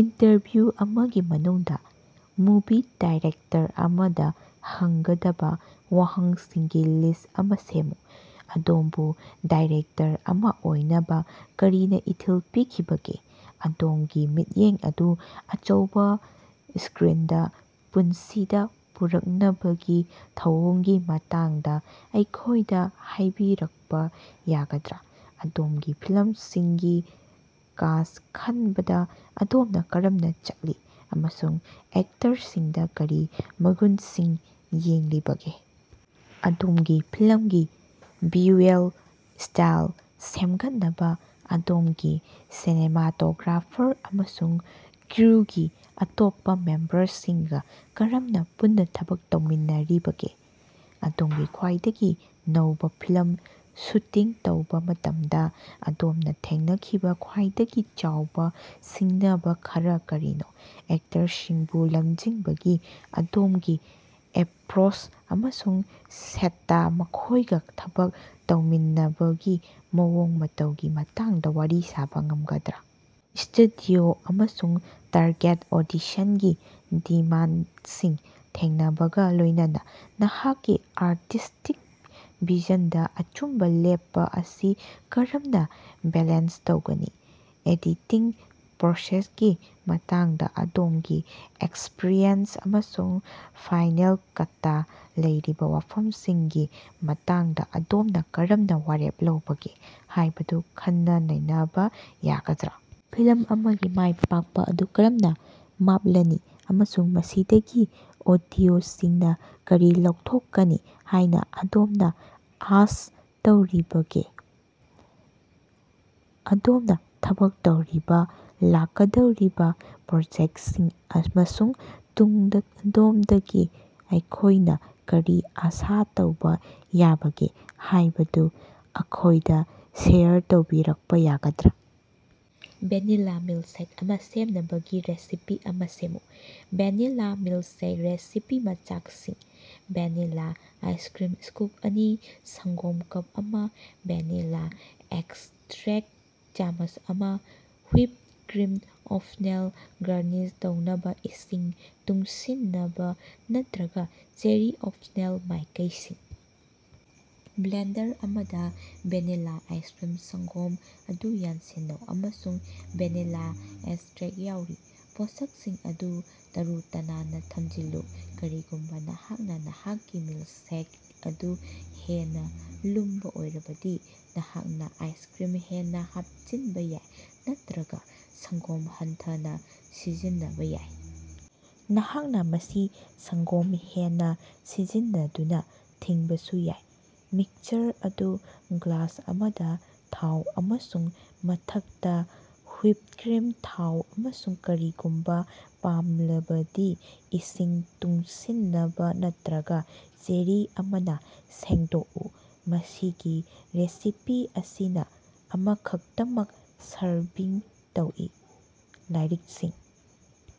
Interview ꯑꯃꯒꯤ ꯃꯅꯨꯡꯗ movie director ꯑꯃꯗ ꯍꯪꯒꯗꯕ ꯋꯥꯍꯪꯁꯤꯡꯒꯤ ꯂꯤꯁ꯭ꯠ ꯑꯃꯥ ꯁꯦꯝꯃꯨ꯫ ꯑꯗꯣꯝꯕꯨ ꯗꯥꯏꯔꯦꯛꯇꯔ ꯑꯃꯥ ꯑꯣꯏꯅꯕ ꯀꯔꯤꯅ ꯏꯊꯤꯜ ꯄꯤꯈꯤꯕꯒꯦ? ꯑꯗꯣꯝꯒꯤ ꯃꯤꯠꯌꯦꯡ ꯑꯗꯨ ꯑꯆꯧꯕ ꯁ꯭ꯀꯔꯤꯟꯗ ꯄꯨꯟꯁꯤꯗ ꯄꯨꯔꯛꯅꯕꯒꯤ ꯊꯧꯑꯣꯡꯒꯤ ꯃꯇꯥꯡꯗ ꯑꯩꯈꯣꯏꯗ ꯍꯥꯏꯕꯤꯔꯛꯄ ꯌꯥꯒꯗ꯭ꯔꯥ? ꯑꯗꯣꯝꯒꯤ ꯐꯤꯂꯝꯁꯤꯡꯒꯤ ꯀꯥꯁ꯭ꯠ ꯈꯟꯕꯗ ꯑꯗꯣꯝꯅ ꯀꯔꯝꯅ ꯆꯠꯂꯤ, ꯑꯃꯁꯨꯡ ꯑꯦꯛꯇꯔꯁꯤꯡꯗ ꯀꯔꯤ ꯃꯒꯨꯟꯁꯤꯡ ꯌꯦꯡꯂꯤꯕꯒꯦ? ꯑꯗꯣꯝꯒꯤ ꯐꯤꯂꯝꯒꯤ ꯚꯤꯌꯨꯑꯦꯜ ꯁ꯭ꯇꯥꯏꯜ ꯁꯦꯝꯒꯠꯅꯕ ꯑꯗꯣꯝꯒꯤ ꯁꯤꯅꯦꯃꯥꯇꯣꯒ꯭ꯔꯥꯐꯥꯔ ꯑꯃꯁꯨꯡ ꯀ꯭ꯔꯨꯒꯤ ꯑꯇꯣꯞꯄ ꯃꯦꯝꯕꯔꯁꯤꯡꯒ ꯀꯔꯝꯅ ꯄꯨꯟꯅ ꯊꯕꯛ ꯇꯧꯃꯤꯟꯅꯔꯤꯕꯒꯦ? ꯑꯗꯣꯝꯒꯤ ꯈ꯭ꯋꯥꯏꯗꯒꯤ ꯅꯧꯕ ꯐꯤꯂꯝ ꯁꯨꯇꯤꯡ ꯇꯧꯕ ꯃꯇꯝꯗ ꯑꯗꯣꯝꯅ ꯊꯦꯡꯅꯈꯤꯕ ꯈ꯭ꯋꯥꯏꯗꯒꯤ ꯆꯥꯎꯕ ꯁꯤꯡꯅꯕ ꯈꯔꯥ ꯀꯔꯤꯅꯣ? ꯑꯦꯛꯇꯔꯁꯤꯡꯕꯨ ꯂꯝꯖꯤꯡꯕꯒꯤ ꯑꯗꯣꯝꯒꯤ ꯑꯦꯄꯔꯣꯆ ꯑꯃꯁꯨꯡ ꯁꯦꯠꯇꯥ ꯃꯈꯣꯏꯒ ꯊꯕꯛ ꯇꯧꯃꯤꯟꯅꯕꯒꯤ ꯃꯑꯣꯡ ꯃꯇꯧꯒꯤ ꯃꯇꯥꯡꯗ ꯋꯥꯔꯤ ꯁꯥꯕ ꯉꯝꯒꯗ꯭ꯔꯥ? ꯁ꯭ꯇꯨꯗꯤꯑꯣ ꯑꯃꯁꯨꯡ ꯇꯥꯔꯒꯦꯠ ꯑꯣꯗꯤꯁꯟꯒꯤ ꯗꯤꯃꯥꯟꯗꯁꯤꯡ ꯊꯦꯡꯅꯕꯒ ꯂꯣꯏꯅꯅ ꯅꯍꯥꯛꯀꯤ ꯑꯥꯔꯇꯤꯁ꯭ꯇꯤꯛ ꯚꯤꯖꯟꯗ ꯑꯆꯨꯝꯕ ꯂꯦꯞꯄ ꯑꯁꯤ ꯀꯔꯝꯅ ꯕꯦꯂꯦꯟꯁ ꯇꯧꯒꯅꯤ? ꯑꯦꯗꯤꯇꯤꯡ ꯄ꯭ꯔꯣꯁꯦꯁꯀꯤ ꯃꯇꯥꯡꯗ ꯑꯗꯣꯝꯒꯤ ꯑꯦꯛꯁꯄꯔꯤꯌꯦꯟꯁ ꯑꯃꯁꯨꯡ ꯐꯥꯏꯅꯦꯜ ꯀꯠꯇ ꯂꯩꯔꯤꯕ ꯋꯥꯐꯝꯁꯤꯡꯒꯤ ꯃꯇꯥꯡꯗ ꯑꯗꯣꯝꯅ ꯀꯔꯝꯅ ꯋꯥꯔꯦꯞ ꯂꯧꯕꯒꯦ ꯍꯥꯏꯕꯗꯨ ꯈꯟꯅ-ꯅꯩꯅꯕ ꯌꯥꯒꯗ꯭ꯔꯥ? ꯐꯤꯂꯝ ꯑꯃꯒꯤ ꯃꯥꯏ ꯄꯥꯛꯄ ꯑꯗꯨ ꯀꯔꯝꯅ ꯃꯥꯞꯂꯅꯤ ꯑꯃꯁꯨꯡ ꯃꯁꯤꯗꯒꯤ ꯑꯣꯗꯤꯑꯣꯁꯤꯡꯅ ꯀꯔꯤ ꯂꯧꯊꯣꯛꯀꯅꯤ ꯍꯥꯏꯅ ꯑꯗꯣꯝꯅ ꯑꯥꯁ ꯇꯧꯔꯤꯕꯒꯦ? ꯑꯗꯣꯝꯅ ꯊꯕꯛ ꯇꯧꯔꯤꯕꯥ ꯂꯥꯛꯀꯗꯧꯔꯤꯕ ꯄ꯭ꯔꯣꯖꯦꯛꯇꯁꯤꯡ ꯑꯃꯁꯨꯡ ꯇꯨꯡꯗ ꯑꯗꯣꯝꯗꯒꯤ ꯑꯩꯈꯣꯏꯅ ꯀꯔꯤ ꯑꯁꯥ ꯇꯧꯕ ꯌꯥꯕꯒꯦ ꯍꯥꯏꯕꯗꯨ ꯑꯈꯣꯏꯗ ꯁꯦꯌꯔ ꯇꯧꯕꯤꯔꯛꯄꯥ ꯌꯥꯒꯗ꯭ꯔꯥ? ꯚꯦꯅꯤꯂꯥ ꯃꯤꯜꯛꯁꯦꯛ ꯑꯃꯥ ꯁꯦꯝꯅꯕꯒꯤ ꯔꯦꯁꯤꯄꯤ ꯑꯃꯥ ꯁꯦꯝꯃꯨ꯫ ꯚꯦꯅꯤꯂꯥ ꯃꯤꯜꯛꯁꯦꯛ ꯔꯦꯁꯤꯄꯤ ꯃꯆꯥꯛꯁꯤꯡ: ꯚꯦꯅꯤꯂꯥ ꯑꯥꯏꯁꯀ꯭ꯔꯤꯝ ꯁ꯭ꯀꯨꯞ ꯑꯅꯤ ꯁꯪꯒꯣꯝ ꯀꯞ ꯑꯃ ꯚꯦꯅꯤꯂꯥ ꯑꯦꯛꯁꯇ꯭ꯔꯦꯛ ꯆꯥꯃꯆ ꯑꯃ ꯍꯨꯏꯞ ꯀ꯭ꯔꯤꯝ ꯑꯣꯞꯁꯅꯦꯜ ꯒꯥꯔꯅꯤꯁ ꯇꯧꯅꯕ ꯏꯁꯤꯡ ꯇꯨꯡꯁꯤꯅꯕ ꯅꯠꯇꯔꯒ ꯆꯦꯔꯤ ꯑꯣꯞꯁꯅꯦꯜ ꯃꯥꯏꯀꯩꯁꯤꯡ: ꯕ꯭ꯂꯦꯟꯗꯔ ꯑꯃꯗ ꯚꯦꯅꯤꯂꯥ ꯑꯥꯏꯁꯀ꯭ꯔꯤꯝ, ꯁꯪꯒꯣꯝ ꯑꯗꯨ ꯌꯥꯟꯁꯤꯟꯅꯧ꯫ ꯑꯃꯁꯨꯡ ꯚꯦꯅꯤꯂꯥ ꯑꯦꯛꯁꯇ꯭ꯔꯦꯛ ꯌꯥꯎꯔꯤ꯫ ꯄꯣꯠꯁꯛꯁꯤꯡ ꯑꯗꯨ ꯇꯔꯨ-ꯇꯅꯥꯟꯅ ꯊꯝꯖꯤꯜꯂꯨ꯫ ꯀꯔꯤꯒꯨꯝꯕ ꯅꯍꯥꯛꯅ ꯅꯍꯥꯛꯀꯤ ꯃꯤꯜꯛꯁꯦꯛ ꯑꯗꯨ ꯍꯦꯟꯅ ꯂꯨꯝꯕꯥ ꯑꯣꯏꯔꯕꯗꯤ, ꯅꯍꯥꯛꯅ ꯑꯥꯏꯁꯀ꯭ꯔꯤꯝ ꯍꯦꯟꯅ ꯍꯥꯞꯆꯤꯟꯕ ꯌꯥꯏ ꯅꯠꯇꯔꯒ ꯁꯪꯒꯣꯝ ꯍꯟꯊꯅꯥ ꯁꯤꯖꯤꯟꯅꯕ ꯌꯥꯏ꯫ ꯅꯍꯥꯛꯅ ꯃꯁꯤ ꯁꯪꯒꯣꯝ ꯍꯦꯟꯅ ꯁꯤꯖꯤꯟꯅꯗꯨꯅ ꯊꯤꯡꯕꯁꯨ ꯌꯥꯏ꯫ ꯃꯤꯛꯁꯆꯔ ꯑꯗꯨ ꯒ꯭ꯂꯥꯁ ꯑꯃꯗ ꯊꯥꯎ ꯑꯃꯁꯨꯡ ꯃꯊꯛꯇ ꯍꯨꯏꯞ ꯀ꯭ꯔꯤꯝ ꯊꯥꯎ ꯑꯃꯁꯨꯡ ꯀꯔꯤꯒꯨꯝꯕ ꯄꯥꯝꯂꯕꯗꯤ ꯏꯁꯤꯡ ꯇꯨꯡꯁꯤꯅꯕ ꯅꯠꯇꯔꯒ ꯆꯦꯔꯤ ꯑꯃꯅ ꯁꯦꯡꯗꯣꯛꯎ꯫ ꯃꯁꯤꯒꯤ ꯔꯦꯁꯤꯄꯤ ꯑꯁꯤꯅ ꯑꯃꯈꯛꯇꯃꯛ ꯁꯔꯚꯤꯡ ꯇꯧꯏ꯫ ꯂꯥꯏꯔꯤꯛꯁꯤꯡ